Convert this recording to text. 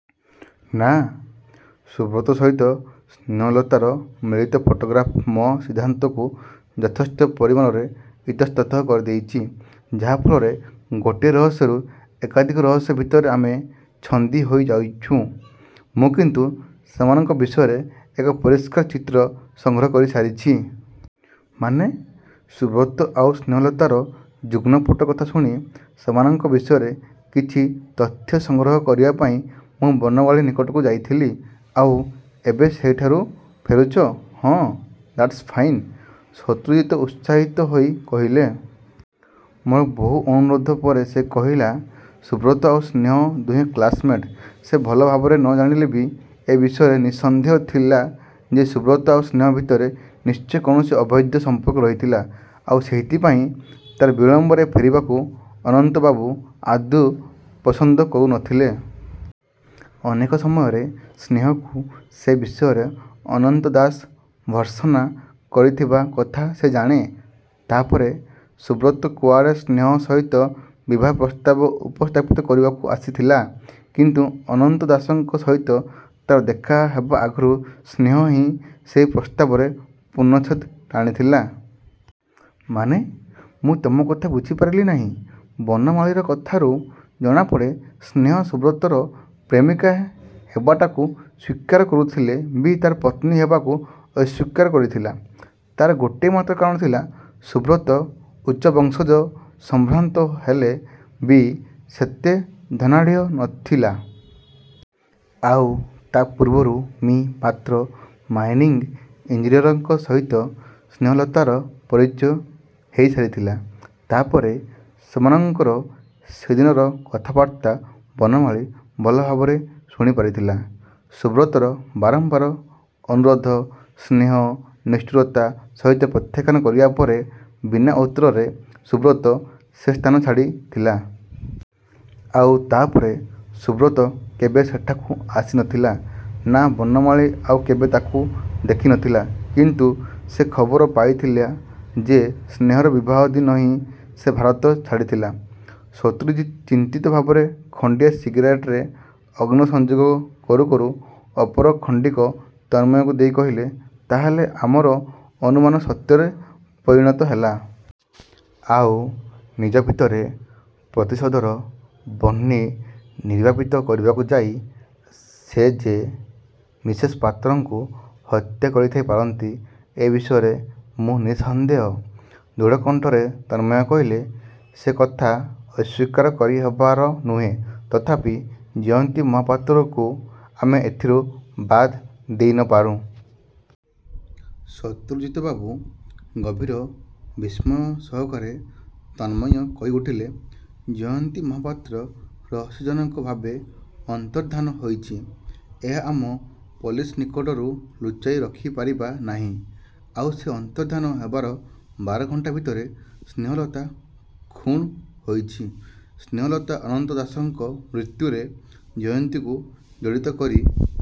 ' 'ନା। ସୁବ୍ରତ ସହିତ ସ୍ନେହଲତାର ମିଳିତ ଫଟୋଗ୍ରାଫ୍ ମୋ ସିଦ୍ଧାନ୍ତକୁ ଯଥେଷ୍ଟ ପରିମାଣରେ ଇତସ୍ତତଃ କରିଦେଇଛି, ଯାହା ଫଳରେ ଗୋଟିଏ ରହସ୍ୟରୁ ଏକାଧିକ ରହସ୍ୟ ଭିତରେ ଆମେ ଛନ୍ଦି ହୋଇ ଯାଇଛୁଁ। ' 'ମୁଁ କିନ୍ତୁ ସେମାନଙ୍କ ବିଷୟରେ ଏକ ପରିଷ୍କାର ଚିତ୍ର ସଂଗ୍ରହ କରିସାରିଛି। ' 'ମାନେ.? ' 'ସୁବ୍ରତ ଆଉ ସ୍ନେହଲତାର ଯୁଗ୍ନ ଫଟୋ କଥା ଶୁଣି, ସେମାନଙ୍କ ବିଷୟରେ କିଛି ତଥ୍ୟ ସଂଗ୍ରହ କରିବାପାଇଁ ମୁଁ ବନମାଳୀ ନିକଟକୁ ଯାଇଥିଲି। ' 'ଆଉ ଏବେ ସେଇଠାରୁ ଫେରୁଛ? ' 'ହଁ। ' 'ଦ୍ୟାଟ୍ସ ଫାଇନ୍! ' ଶତ୍ରୁଜିତ ଉତ୍ସାହିତ ହେଇ କହିଲେ। 'ମୋର ବହୁ ଅନୁରୋଧ ପରେ ସେ କହିଲା, ସୁବ୍ରତ ଆଉ ସ୍ନେହ ଦୁହେଁ କ୍ଲାସମେଟ୍। ସେ ଭଲ ଭାବରେ ନ ଜାଣିଲେ ବି ଏ ବିଷୟରେ ନିଃସନ୍ଦେହ ଥିଲା ଯେ ସୁବ୍ରତ ଆଉ ସ୍ନେହ ଭିତରେ ନିଶ୍ଚୟ କୌଣସି ଅବୈଧ ସଂପର୍କ ରହିଥିଲା। ଆଉ ସେଇଥିପାଇଁ ତାର ବିଳମ୍ବରେ ଫେରିବାକୁ ଅନନ୍ତବାବୁ ଆଦୌ ପସନ୍ଦ କରୁ ନ ଥିଲେ। ଅନେକ ସମୟରେ ସ୍ନେହକୁ ସେ ବିଷୟରେ ଅନନ୍ତ ଦାସ ଭର୍ତ୍ସନା କରିଥିବା କଥା ସେ ଜାଣେ। ' 'ତାପରେ? ' 'ସୁବ୍ରତ କୁଆଡ଼େ ସ୍ନେହ ସହିତ ବିବାହ ପ୍ରସ୍ତାବ ଉପସ୍ଥାପିତ କରିବାକୁ ଆସିଥିଲା। କିନ୍ତୁ ଅନନ୍ତ ଦାସଙ୍କ ସହିତ ତାର ଦେଖା ହେବା ଆଗରୁ ସ୍ନେହ ହିଁ ସେହି ପ୍ରସ୍ତାବରେ ପୂର୍ଣ୍ଣଛେଦ ଟାଣିଥିଲା। ' 'ମାନେ ମୁଁ ତମ କଥା ବୁଝିପାରିଲି ନାହିଁ। ' 'ବନମାଳୀର କଥାରୁ ଜଣାପଡ଼େ, ସ୍ନେହ ସୁବ୍ରତର ପ୍ରେମିକା ହେବାଟାକୁ ସ୍ୱୀକାର କରୁଥିଲେ ବି ତାର ପତ୍ନୀ ହେବାକୁ ଅସ୍ୱୀକାର କରିଥିଲା। ତାର ଗୋଟିଏ ମାତ୍ର କାରଣ ଥିଲା, ସୁବ୍ରତ ଉଚ୍ଚବଂଶଜ ସମ୍ଭ୍ରାନ୍ତ ହେଲେ ବି ସେତେ ଧନାଢ଼୍ୟ ନ ଥିଲା। ଆଉ ତା ପୂର୍ବରୁ ମି: ପାତ୍ର, ମାଇନିଙ୍ଗ ଇଂଜିନିୟରଙ୍କ ସହିତ ସ୍ନେହଲତାର ପରିଚୟ ହେଇସାରିଥିଲା। ' 'ତା'ପରେ.? ' 'ସେମାନଙ୍କର ସେଦିନର କଥାବାର୍ତ୍ତା ବନମାଳୀ ଭଲଭାବରେ ଶୁଣିପାରିଥିଲା। ସୁବ୍ରତର ବାରମ୍ବାର ଅନୁରୋଧ ସ୍ନେହ ନିଷ୍ଠୁରତା ସହିତ ପ୍ରତ୍ୟାଖ୍ୟାନ କରିବା ପରେ, ବିନା ଉତ୍ତରରେ ସୁବ୍ରତ ସେ ସ୍ଥାନ ଛାଡ଼ିଥିଲା। ' 'ଆଉ ତା ପରେ ସୁବ୍ରତ କେବେ ସେଠାକୁ ଆସି ନ ଥିଲା? ' 'ନା, ବନମାଳୀ ଆଉ କେବେ ତାକୁ ଦେଖି ନ ଥିଲା। କିନ୍ତୁ ସେ ଖବର ପାଇଥିଲା ଯେ ସ୍ନେହର ବିବାହ ଦିନ ହିଁ ସେ ଭାରତ ଛାଡ଼ି ଥିଲା। ' ଶତ୍ରୁଜିତ ଚିନ୍ତିତ ଭାବରେ ଖଣ୍ଡିଏ ସିଗାରେଟରେ ଅଗ୍ନ ସଂଯୋଗ କରୁ କରୁ ଅପର ଖଣ୍ଡିକ ତନ୍ମୟଙ୍କୁ ଦେଇ କହିଲେ, 'ତା'ହେଲେ ଆମର ଅନୁମାନ ସତ୍ୟରେ ପରିଣତ ହେଲା? ' 'ଆଉ ନିଜ ଭିତରେ ପ୍ରତିଶୋଧର ବହ୍ନି ନିର୍ବାପିତ କରିବାକୁ ଯାଇ ସେ ଯେ ମିସେସ ପାତ୍ରଙ୍କୁ ହତ୍ୟା କରିଥାଇ ପାରନ୍ତି ଏ ବିଷୟରେ ମୁଁ ନିଃସନ୍ଦେହ। ' ଦୃଢ଼ କଣ୍ଠରେ ତନ୍ମୟ କହିଲେ। ସେ କଥା ଅସ୍ୱୀକାର କରିହେବାର ନୁହେଁ, ତଥାପି ଜୟନ୍ତୀ ମହାପାତ୍ରକୁ ଆମେ ଏଥିରୁ ବାଦ ଦେଇ ନ ପାରୁଁ। ' 'ଶତ୍ରୁଜିତବାବୁ! ' ଗଭୀର ବିସ୍ମୟ ସହକାରେ ତନ୍ମୟ କହିଉଠିଲେ। 'ଜୟନ୍ତୀ ମହାପାତ୍ର ରହସ୍ୟଜନକଭାବେ ଅନ୍ତର୍ଦ୍ଧାନ ହୋଇଛି, ଏହା ଆମେ ପୋଲିସ ନିକଟରୁ ଲୁଚାଇ ରଖିପାରିବା ନାହିଁ। ଆଉ ସେ ଅନ୍ତର୍ଦ୍ଧାନ ହେବାର ବାର ଘଣ୍ଟା ଭିତରେ ସ୍ନେହଲତା ଖୁଣ୍ ହୋଇଛି। ସ୍ନେହଲତା ଅନନ୍ତ ଦାସଙ୍କ ମୃତ୍ୟୁରେ ଜୟନ୍ତୀକୁ ଜଡ଼ିତ କରି